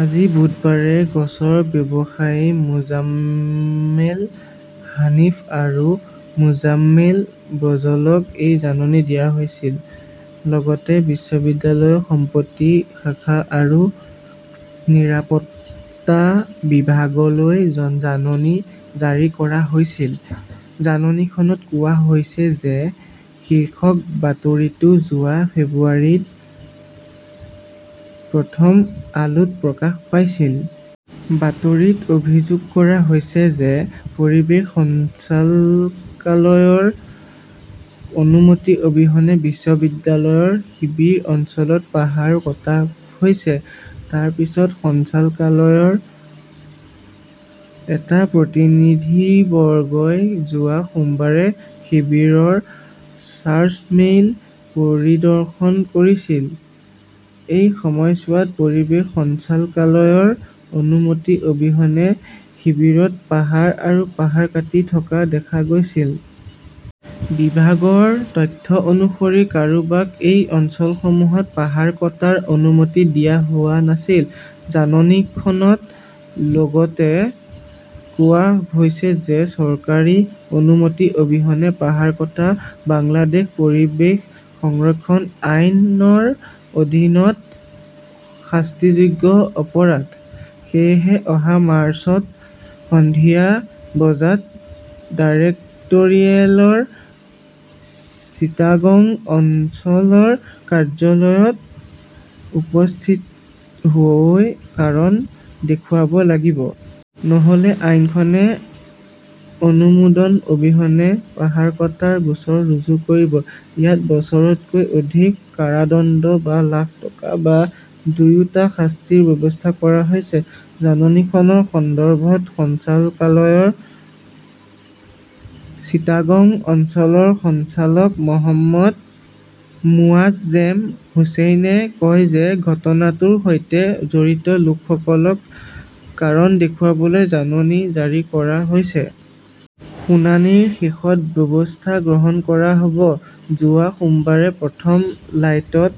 আজি বুধবাৰে গছৰ ব্যৱসায়ী মোজাম্মেল হানিফ আৰু মোজাম্মেল বজলক এই জাননী দিয়া হৈছিল। লগতে বিশ্ববিদ্যালয়ৰ সম্পত্তি শাখা আৰু নিৰাপত্তা বিভাগলৈ জাননী জাৰি কৰা হৈছিল। জাননীখনত কোৱা হৈছে যে শীৰ্ষক বাতৰিটো যোৱা ফেব্ৰুৱাৰীত প্ৰথম আলোত প্ৰকাশ পাইছিল। বাতৰিত অভিযোগ কৰা হৈছে যে, পৰিৱেশ সঞ্চালকালয়ৰ অনুমতি অবিহনে বিশ্ববিদ্যালয়ৰ শিবিৰ অঞ্চলত পাহাৰ কটা হৈছে। তাৰ পিছত সঞ্চালকালয়ৰ এটা প্ৰতিনিধিবৰ্গই যোৱা সোমবাৰে শিবিৰৰ চাৰ্জমেইন পৰিদৰ্শন কৰিছিল। এই সময়ছোৱাত পৰিৱেশ সঞ্চালকালয়ৰ অনুমতি অবিহনে শিবিৰত পাহাৰ আৰু পাহাৰ কাটি থকা দেখা গৈছিল। বিভাগৰ তথ্য অনুসৰি, কাৰোবাক এই অঞ্চলসমূহত পাহাৰ কটাৰ অনুমতি দিয়া হোৱা নাছিল। জাননীখনত লগতে কোৱা হৈছে যে চৰকাৰী অনুমতি অবিহনে পাহাৰ কটা বাংলাদেশ পৰিৱেশ সংৰক্ষণ আইন, ৰ অধীনত শাস্তিযোগ্য অপৰাধ। সেয়েহে অহা মাৰ্চত সন্ধিয়া বজাত ডাইৰেক্টৰিয়েলৰ চিটাগং অঞ্চলৰ কাৰ্যালয়ত উপস্থিত হৈ কাৰণ দেখুৱাব লাগিব। নহ'লে আইনখনে অনুমোদন অবিহনে পাহাৰ কটাৰ গোচৰ ৰুজু কৰিব। ইয়াত বছৰতকৈ অধিক কাৰাদণ্ড বা লাখ টকা বা দুয়োটা শাস্তিৰ ব্যৱস্থা কৰা হৈছে। জাননীখনৰ সন্দৰ্ভত সঞ্চালকালয়ৰ চিটাগং অঞ্চলৰ সঞ্চালক মহম্মদ মোৱাজজেম হোছেইনে কয় যে ঘটনাটোৰ সৈতে জড়িত লোকসকলক কাৰণ দেখুৱাবলৈ জাননী জাৰি কৰা হৈছে। শুনানিৰ শেষত ব্যৱস্থা গ্ৰহণ কৰা হ 'ব। যোৱা সোমবাৰে প্ৰথম লাইটত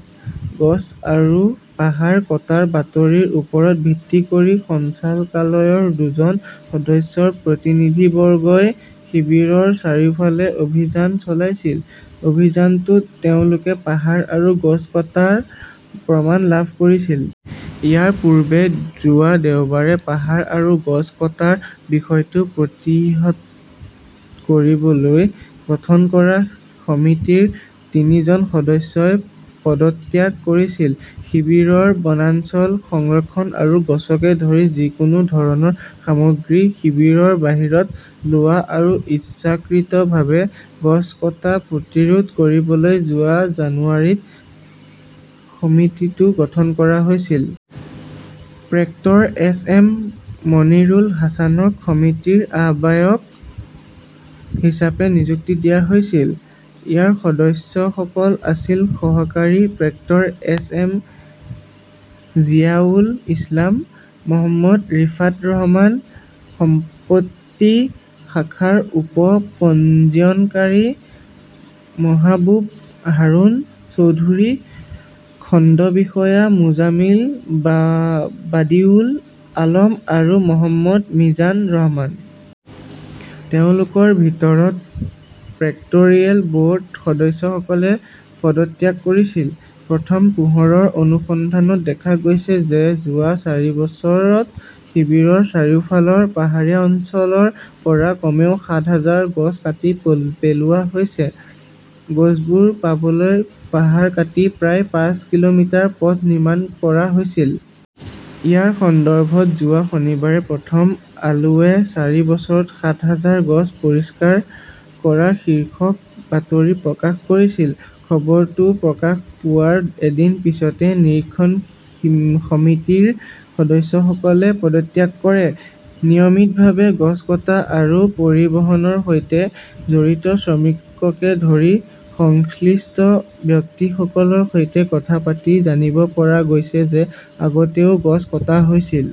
গছ আৰু পাহাৰ কটাৰ বাতৰিৰ ওপৰত ভিত্তি কৰি সঞ্চালকালয়ৰ দুজন সদস্যৰ প্ৰতিনিধিবৰ্গই শিবিৰৰ চাৰিওফালে অভিযান চলাইছিল। অভিযানটোত তেওঁলোকে পাহাৰ আৰু গছ কটাৰ প্ৰমাণ লাভ কৰিছিল। ইয়াৰ পূৰ্বে যোৱা দেওবাৰে পাহাৰ আৰু গছ কটাৰ বিষয়টো প্ৰতিহত কৰিবলৈ গঠন কৰা সমিতিৰ তিনিজন সদস্যই পদত্যাগ কৰিছিল। শিবিৰৰ বনাঞ্চল সংৰক্ষণ আৰু গছকে ধৰি যিকোনো ধৰণৰ সামগ্ৰী শিবিৰৰ বাহিৰত লোৱা আৰু ইচ্ছাকৃতভাৱে গছ কটা প্ৰতিৰোধ কৰিবলৈ যোৱা জানুৱাৰীত সমিতিটো গঠন কৰা হৈছিল। Proctor S. এম. মনিৰুল হাছানক সমিতিৰ আহ্বায়ক হিচাপে নিযুক্তি দিয়া হৈছিল। ইয়াৰ সদস্যসকল আছিল সহকাৰী proctor S M Ziaul Islam, Mohammad Rifat Rahman, সম্পত্তি শাখাৰ উপ পঞ্জীয়নকাৰী মহাবুব হাৰুন চৌধুৰী, খণ্ড বিষয়া মোজামিল বাডিউল আলম আৰু মহম্মদ মিজান ৰহমান। তেওঁলোকৰ ভিতৰত প্ৰেক্টৰিয়েল ব'ৰ্ড সদস্যসকলে পদত্যাগ কৰিছিল। প্ৰথম পোহৰৰ অনুসন্ধানত দেখা গৈছে যে যোৱা চাৰি বছৰত শিবিৰৰ চাৰিওফালৰ পাহাৰীয়া অঞ্চলৰ পৰা কমেও সাত হাজাৰ গছ কাটি পেলোৱা হৈছে। গছবোৰ পাবলৈ পাহাৰ কাটি প্ৰায় পাঁচ কিলোমিটাৰ পথ নিৰ্মাণ কৰা হৈছিল। ইয়াৰ সন্দৰ্ভত যোৱা শনিবাৰে প্ৰথম আলোৱে 'চাৰি বছৰত সাত হাজাৰ গছ পৰিষ্কাৰ কৰা' শীৰ্ষক বাতৰি প্ৰকাশ কৰিছিল। খবৰটো প্ৰকাশ পোৱাৰ এদিন পিছতে নিৰীক্ষণ সমিতিৰ সদস্যসকলে পদত্যাগ কৰে। নিয়মিতভাৱে গছ কটা আৰু পৰিবহণৰ সৈতে জড়িত শ্ৰমিককে ধৰি সংশ্লিষ্ট ব্যক্তিসকলৰ সৈতে কথা পাতি জানিব পৰা গৈছে যে আগতেও গছ কটা হৈছিল।